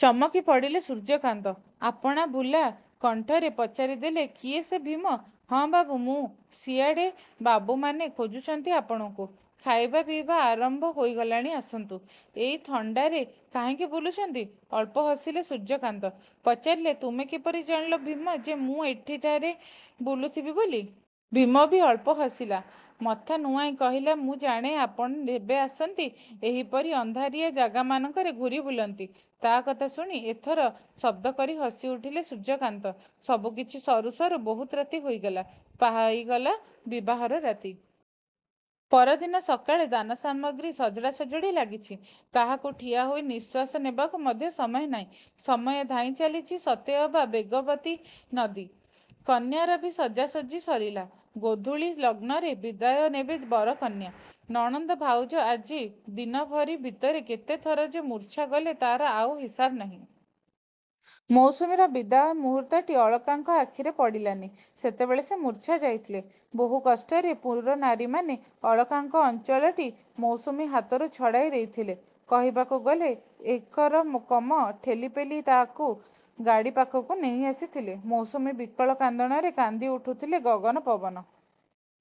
ଚମକି ପଡ଼ିଲେ ସୂର୍ଯ୍ୟକାନ୍ତ। ଆପଣା ଭୁଲା କଣ୍ଠରେ ପଚାରି ଦେଲେ କିଏ ସେ ଭୀମ? ହଁ ବାବୁ, ମୁଁ। ସିଆଡ଼େ ବାବୁମାନେ ଖୋଜୁଛନ୍ତି ଆପଣଙ୍କୁ। ଖାଇବା ପିଇବା ଆରମ୍ଭ ହୋଇଗଲାଣି ଆସନ୍ତୁ। ଏଇ ଥଣ୍ଡାରେ କାହିଁକି ବୁଲୁଛନ୍ତି? ଅଳ୍ପ ହସିଲେ ସୂର୍ଯ୍ୟକାନ୍ତ। ପଚାରିଲେ ତୁମେ କିପରି ଜାଣିଲ ଭୀମ ଯେ ମୁଁ ଏହିଠାରେ ବୁଲୁଥିବି ବୋଲି? ଭୀମ ବି ଅଳ୍ପ ହସିଲା। ମଥା ନୁଆଁଇ କହିଲା ମୁଁ ଜାଣେ ଆପଣ ଯେବେ ଆସନ୍ତି, ଏହିପରି ଅନ୍ଧାରିଆ ଜାଗାମାନଙ୍କରେ ଘୂରି ବୁଲନ୍ତି। ତା' କଥା ଶୁଣି ଏଥର ଶବ୍ଦ କରି ହସି ଉଠିଲେ ସୂର୍ଯ୍ୟକାନ୍ତ। ସବୁକିଛି ସରୁ ସରୁ ବହୁତ ରାତି ହୋଇଗଲା। ପାହିଗଲା ବିବାହର ରାତି। ପରଦିନ ସକାଳେ ଦାନ ସାମଗ୍ରୀ ସଜଡ଼ା ସଜଡ଼ି ଲାଗିଛି। କାହାକୁ ଠିଆ ହୋଇ ନିଃଶ୍ୱାସ ନେବାକୁ ମଧ୍ୟ ସମୟ ନାହିଁ। ସମୟ ଧାଇଁ ଚାଲିଛି, ସତେଅବା ବେଗବତୀ ନଦୀ। କନ୍ୟାର ବି ସଜାସଜ୍ଜି ସରିଲା। ଗୋଧୂଳି ଲଗ୍ନରେ ବିଦାୟ ନେବେ ବର କନ୍ୟା। ନଣନ୍ଦ ଭାଉଜ ଆଜି ଦିନଭରି ଭିତରେ କେତେଥର ଯେ ମୂର୍ଚ୍ଛା ଗଲେ ତା'ର ଆଉ ହିସାବ ନାହିଁ। ମୌସୁମୀର ବିଦାୟ ମୁହୂର୍ତ୍ତଟି ଅଳକାଙ୍କ ଆଖିରେ ପଡ଼ିଲାନି। ସେତେବେଳେ ସେ ମୂର୍ଚ୍ଛା ଯାଇଥିଲେ। ବହୁ କଷ୍ଟରେ ପୁରନାରୀମାନେ ଅଳକାଙ୍କ ଅଞ୍ଚଳଟି ମୌସୁମୀ ହାତରୁ ଛଡ଼ାଇ ଦେଇଥିଲେ। କହିବାକୁ ଗଲେ ଏକରକମ ଠେଲିପେଲି ତାକୁ ଗାଡ଼ି ପାଖକୁ ନେଇ ଆସିଥିଲେ। ମୌସୁମୀ ବିକଳ କାନ୍ଦଣାରେ କାନ୍ଦି ଉଠୁଥିଲେ ଗଗନ ପବନ।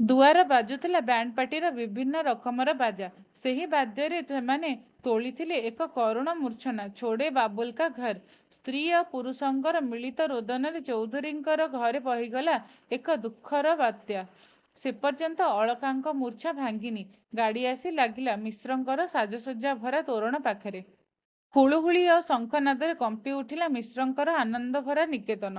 ଦୁଆରେ ବାଜୁଥିଲା ବ୍ୟାଣ୍ଡପାର୍ଟିର ବିଭିନ୍ନ ରକମର ବାଜା। ସେହି ବାଦ୍ୟରେ ସେମାନେ ତୋଳିଥିଲେ ଏକ କରୁଣ ମୂର୍ଚ୍ଛନା। ଛୋଡ଼େ ବାବୁଲ୍କା ଘର। ସ୍ତ୍ରୀ ଆଉ ପୁରୁଷଙ୍କର ମିଳିତ ରୋଦନରେ ଚୌଧୁରୀଙ୍କ ଘରେ ବହିଗଲା ଏକ ଦୁଃଖର ବାତ୍ୟା। ସେପର୍ଯ୍ୟନ୍ତ ଅଳକାଙ୍କ ମୂର୍ଚ୍ଛା ଭାଙ୍ଗିନି। ଗାଡ଼ି ଆସି ଲାଗିଲା ମିଶ୍ରଙ୍କର ସାଜସଜ୍ଜା ଭରା ତୋରଣ ପାଖରେ। ହୁଳହୁଳି ଆଉ ଶଙ୍ଖ ନାଦରେ କମ୍ପି ଉଠିଲା ମିଶ୍ରଙ୍କର ଆନନ୍ଦଭରା ନିକେତନ।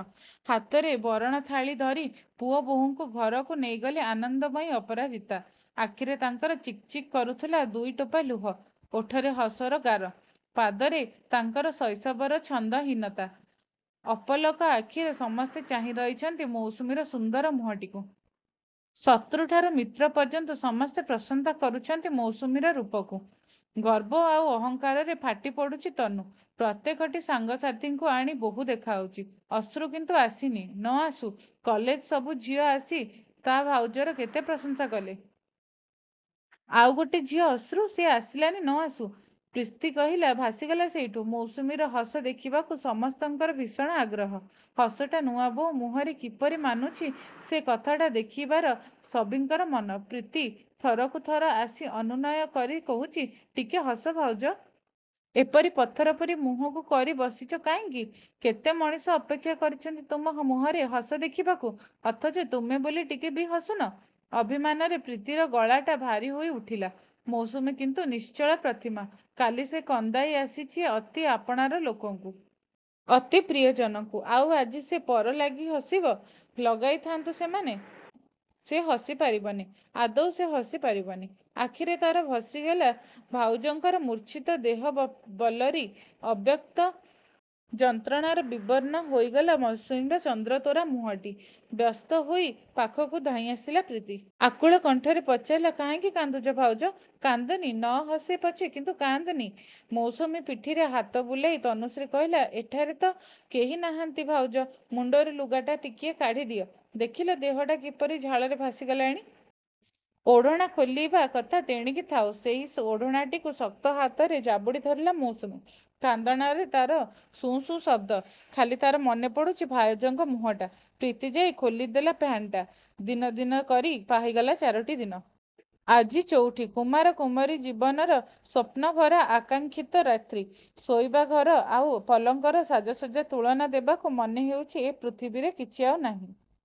ହାତରେ ବରଣ ଥାଳି ଧରି ପୁଅ ବୋହୂଙ୍କୁ ଘରକୁ ନେଇଗଲେ ଆନନ୍ଦମୟୀ ଅପରାଜିତା। ଆଖିରେ ତାଙ୍କର ଚିକ୍‌ଚିକ୍ କରୁଥିଲା ଦୁଇଟୋପା ଲୁହ। ଓଠରେ ହସର ଗାର। ପାଦରେ ତାଙ୍କର ଶୈଶବର ଛନ୍ଦହୀନତା। ଅପଲକ ଆଖିରେ ସମସ୍ତେ ଚାହିଁ ରହିଛନ୍ତି ମୌସୁମୀର ସୁନ୍ଦର ମୁହଁଟିକୁ। ଶତ୍ରୁଠାରୁ ମିତ୍ର ପର୍ଯ୍ୟନ୍ତ ସମସ୍ତେ ପ୍ରଶଂସା କରୁଛନ୍ତି ମୌସୁମୀର ରୂପକୁ। ଗର୍ବ ଆଉ ଅହଙ୍କାରରେ ଫାଟି ପଡ଼ୁଛି ତନୁ। ପ୍ରତ୍ୟେକଟି ସାଙ୍ଗସାଥିକୁ ଆଣି ବୋହୂ ଦେଖାଉଛି। ଅଶ୍ରୁ କିନ୍ତୁ ଆସିନି। ନ ଆସୁ, କଲେଜର ସବୁ ଝିଅ ଆସି ତା' ଭାଉଜର କେତେ ପ୍ରଶଂସା କଲେ। ଆଉ ଗୋଟେ ଝିଅ ଅଶ୍ରୁ, ସେ ଆସିଲାନି ନ ଆସୁ। ପ୍ରୀତି କହିଲା ଭାସିଗଲା ସେଇଠୁ। ମୌସୁମୀର ହସ ଦେଖିବାକୁ ସମସ୍ତଙ୍କର ଭୀଷଣ ଆଗ୍ରହ। ହସଟା ନୂଆବୋଉ ମୁହଁରେ କିପରି ମାନୁଛି ସେଇ କଥାଟା ଦେଖିବାର ସଭିଙ୍କର ମନ। ପ୍ରୀତି ଥରକୁ ଥର ଆସି ଅନୁନୟ କରି କହୁଛି – ଟିକେ ହସ ଭାଉଜ। ଏପରି ପଥର ପରି ମୁହଁକୁ କରି ବସିଛ କାହିଁକି? କେତେ ମଣିଷ ଅପେକ୍ଷା କରିଛନ୍ତି ତୁମ ମୁହଁରେ ହସ ଦେଖିବାକୁ, ଅଥଚ ତୁମେ ବୋଲି ଟିକେ ବି ହସୁନ। ଅଭିମାନରେ ପ୍ରୀତିର ଗଳାଟା ଭାରି ହୋଇ ଉଠିଲା। ମୌସୁମୀ କିନ୍ତୁ ନିଶ୍ଚଳ ପ୍ରତିମା। କାଲି ସେ କନ୍ଦାଇ ଆସିଛି ଅତି ଆପଣାର ଲୋକଙ୍କୁ। ଅତି ପ୍ରିୟଜନଙ୍କୁ। ଆଉ ଆଜି ସେ ପର ଲାଗି ହସିବ? ଲଗାଇଥାନ୍ତୁ ସେମାନେ, ସେ ହସି ପାରିବନି। ଆଦୌ ସେ ହସି ପାରିବନି। ଆଖିରେ ତା'ର ଭାସିଗଲା ଭାଉଜଙ୍କର ମୂର୍ଚ୍ଛିତ ଦେହବବଲ୍ଲରୀ। ଅବ୍ୟକ୍ତ ଯନ୍ତ୍ରଣାରେ ବିବର୍ଣ୍ଣ ହୋଇଗଲା ମୌସୁମୀର ଚନ୍ଦ୍ରତୋରା ମୁହଁଟି। ବ୍ୟସ୍ତ ହୋଇ ପାଖକୁ ଧାଇଁ ଆସିଲା ପ୍ରୀତି। ଆକୁଳ କଣ୍ଠରେ ପଚାରିଲା କାହିଁକି କାନ୍ଦୁଛ ଭାଉଜ? କାନ୍ଦନି। ନ ହସି ପଛେ କିନ୍ତୁ କାନ୍ଦେନି। ମୌସୁମୀ ପିଠିରେ ହାତ ବୁଲାଇ ତନୁଶ୍ରୀ କହିଲା ଏଠାରେ ତ କେହି ନାହାନ୍ତି ଭାଉଜ ମୁଣ୍ଡରୁ ଲୁଗାଟା ଟିକିଏ କାଢ଼ି ଦିଅ। ଦେଖିଲ, ଦେହଟା କିପରି ଝାଳରେ ଭାସି ଗଲାଣି। ଓଢ଼ଣା ଖୋଲିବା କଥା ତେଣିକି ଥାଉ, ସେହି ଓଢ଼ଣାକୁ ଶକ୍ତ ହାତରେ ଜାବୁଡ଼ି ଧରିଲା ମୌସୁମୀ। କାନ୍ଦଣାରେ ତା'ର ସୁଁ ସୁଁ ଶବ୍ଦ। ଖାଲି ତା'ର ମନେ ପଡ଼ୁଛି ଭାଉଜଙ୍କ ମୁହଁଟା। ପ୍ରୀତି ଯାଇ ଖୋଲି ଦେଲା ଫ୍ୟାନ୍‌ଟା। ଦିନ ଦିନ କରି ପାହିଗଲା ଚାରୋଟି ଦିନ। ଆଜି ଚଉଠି। କୁମାର କୁମାରୀ ଜୀବନର ସ୍ୱପ୍ନଭରା ଆକାଙ୍କ୍ଷିତ ରାତ୍ରୀ। ଶୋଇବା ଘର ଆଉ ପଲଙ୍କର ସାଜସଜ୍ଜାକୁ ତୁଳନା ଦେବାକୁ ମନେ ହେଉଛି ଏ ପୃଥିବୀରେ କିଛି ଆଉ ନାହିଁ।